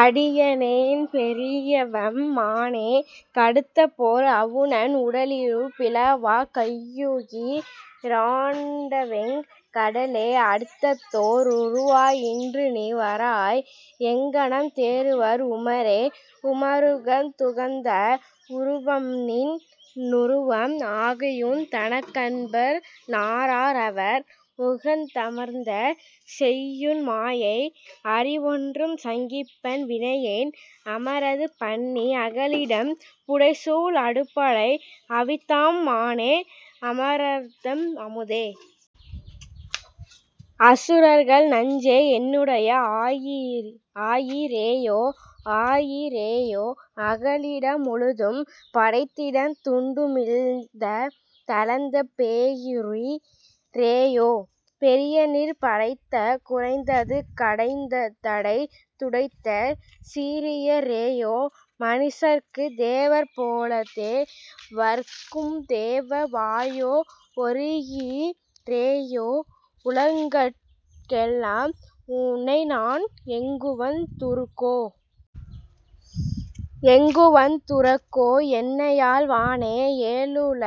அடியனேன் பெரியவம் மானே, கடுத்தபோர் அவுணன் உடலிரு பிளவாக் கையுகி ராண்டவெங் கடலே, அடுத்ததோர் உருவாய் இன்றுநீ வாராய்। எங்ஙனம் தேறுவர் உமரே?. உமருகந் துகந்த வுருவம்நின் னுருவம் ஆகியுன் தனக்கன்ப ரானார் அவர், உகந் தமர்ந்த செய்கையுன் மாயை அறிவொன்றும் சங்கிப்பன் வினையேன், அமரது பண்ணி அகலிடம் புடைசூழ் அடுபடை அவித்தாம் மானே, அமரர்தம் அமுதே. அசுரர்கள் நஞ்சே. என்னுடை ஆருயி ரேயோ.. ஆருயி ரேயோ. அகலிடம் முழுதும் படைத்திடந் துண்டுமிழ்ந் தளந்த, பேருயி ரேயோ. பெரியநீர் படைத்தங் குறைந்தது கடைந்தடைத் துடைத்த, சீரிய ரேயோ. மனிசர்க்குத் தேவர் போலத்தே வர்க்கும்தே வாவோ, ஒருயி ரேயோ. உலகங்கட் கெல்லாம் உன்னைநான் எங்குவந் துறுகோ?. எங்குவந் துறுகோ என்னையாள் வானே. ஏழுல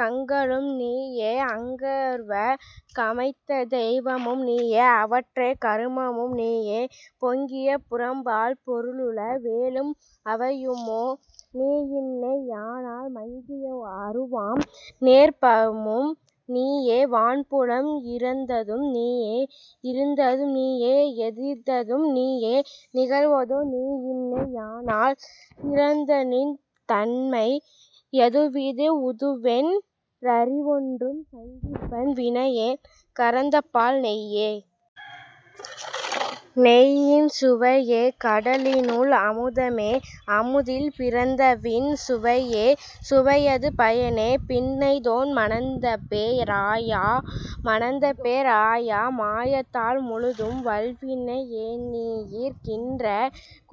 கங்களும் நீயே, அங்கவர்க் கமைத்த தெய்வமும் நீயே அவற்றவை கருமமும் நீயே, பொங்கிய புறம்பால் பொருளுள வேலும் அவையுமோ நீயின்னே யானால் மங்கிய அருவாம் நேர்ப்பமும் நீயே வான்புலம் இறந்ததும் நீயே.. இறந்ததும் நீயே எதிர்ந்ததும் நீயே நிகழ்வதோ நீயின்னே யானால், சிறந்தநின் தன்மை யதுவிது வுதுவென் றறிவொன்றும் சங்கிப்பன் வினையேன், கறந்தபால் நெய்யே. நெய்யின் சுவையே. கடலினுள் அமுதமே, அமுதில் பிறந்தவின் சுவையே. சுவையது பயனே. பின்னைதோள் மணந்தபே ராயா.. மணந்தபே ராயா. மாயத்தால் முழுதும் வல்வினை யேனையீர் கின்ற,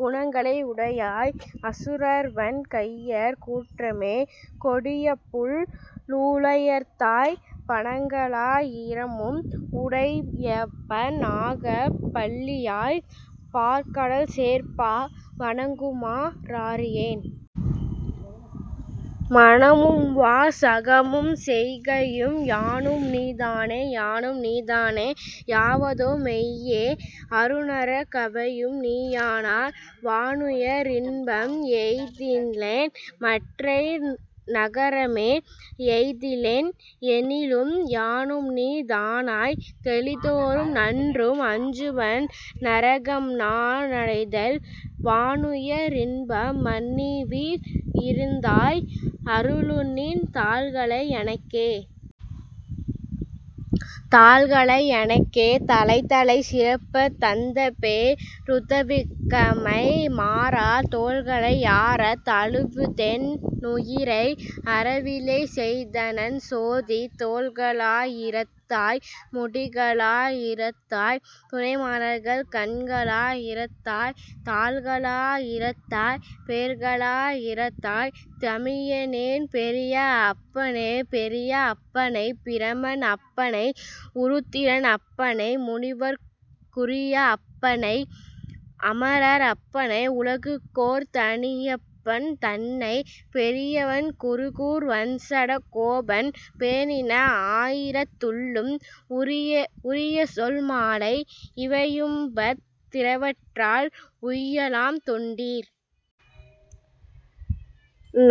குணங்களை யுடையாய். அசுரர்வன் கையர் கூற்றமே. கொடியபுள் ளுயர்த்தாய், பணங்களா யிரமும் உடையபைந் நாகப் பள்ளியாய். பாற்கடல் சேர்ப்பா, வணங்குமா றாறியேன். மனமும்வா சகமும் செய்கையும் யானும்நீ தானே.. யானும்நீ தானே யாவதோ மெய்யே அருநர கவையும் நீயானால், வானுய ரின்பம் எய்திலென் மற்றை நரகமே யெய்திலென்? எனிலும், யானும்நீ தானாய்த் தெளிதொறும் நன்றும் அஞ்சுவன் நரகம்நா னடைதல், வானுய ரின்பம் மன்னிவீற் றிருந்தாய். அருளுநின் தாள்களை யெனக்கே.. தாள்களை யெனக்கே தலைத்தலை சிறப்பத் தந்தபே ருதவிக்கைம் மாறா, தோள்களை யாரத் தழுவிதென் னுயிரை அறவிலை செய்தனன் சோதீ, தோள்களா யிரத்தாய். முடிகளா யிரத்தாய். துணைமலர்க் கண்களா யிரத்தாய், தாள்களா யிரத்தாய். பேர்களா யிரத்தாய். தமியனேன் பெரிய அப்பனே. பெரிய அப்பனைப் பிரமன் அப்பனை உருத்திரன் அப்பனை, முனிவர்க் குரிய அப்பனை அமரர் அப்பனை உலகுக்கோர் தனியப்பன் தன்னை, பெரியவண் குருகூர் வண்சட கோபன் பேணின ஆயிரத் துள்ளும், உரியசொல் மாலை இவையும்பத் திவற்றால் உய்யலாம் தொண்டீர்.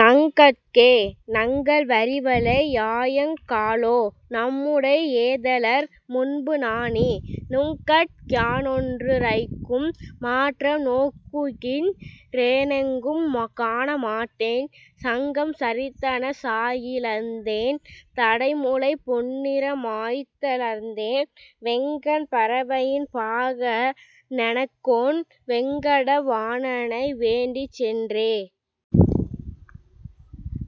நங் கட்கே. நங்கள் வரிவளை யாயங் காளோ. நம்முடை ஏதலர் முன்பு நாணி, நுங்கட் கியானொன்று ரைக்கும் மாற்றம் நோக்குகின் றேனெங்கும் காண மாட்டேன், சங்கம் சரிந்தன சாயி ழந்தேன் தடமுலை பொன்னிற மாய்த்த ளர்ந்தேன், வெங்கண் பறவையின் பாக னெங்கோன் வேங்கட வாணணை வேண்டிச் சென்றே..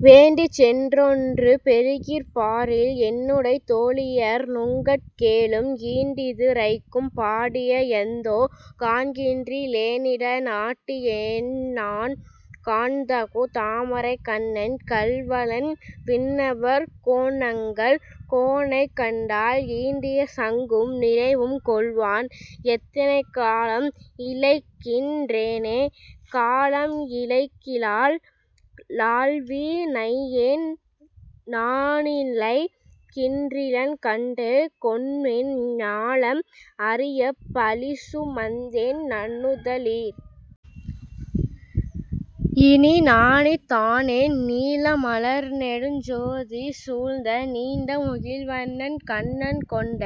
வேண்டிச்சென் றொன்று பெறுகிற் பாரில் என்னுடைத் தோழியர் நுங்கட் கேலும், ஈண்டிது ரைக்கும் படியை யந்தோ. காண்கின்றி லேனிட ராட்டி யேன்நான், காண்தகு தாமரைக் கண்ணன் கள்வன் விண்ணவர் கோன்நங்கள் கோனைக் கண்டால், ஈண்டிய சங்கும் நிறைவும் கொள்வான் எத்தனை காலம் இளைக்கின் றேனே.. காலம் இளைக்கிலல் லால்வி னையேன் நானிளைக் கின்றிலன் கண்டு கொண்மின், ஞாலம் அறியப் பழிசு மந்தேன் நன்னுத லீர். இனி நாணித் தானென், நீல மலர்நெடுஞ் சோதி சூழ்ந்த நீண்ட முகில்வண்ணன் கண்ணன் கொண்ட,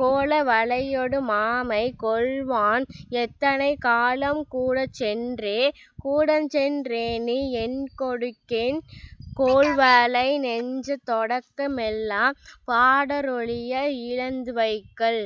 கோல வளையொடு மாமை கொள்வான் எத்தனை காலம்கூ டச்சென்றே?. கூடச்சென் றேனினி என்கொ டுக்கேன்? கோல்வளை நெஞ்சத் தொடக்க மெல்லாம், பாடற் றொழிய இழந்து வைகல்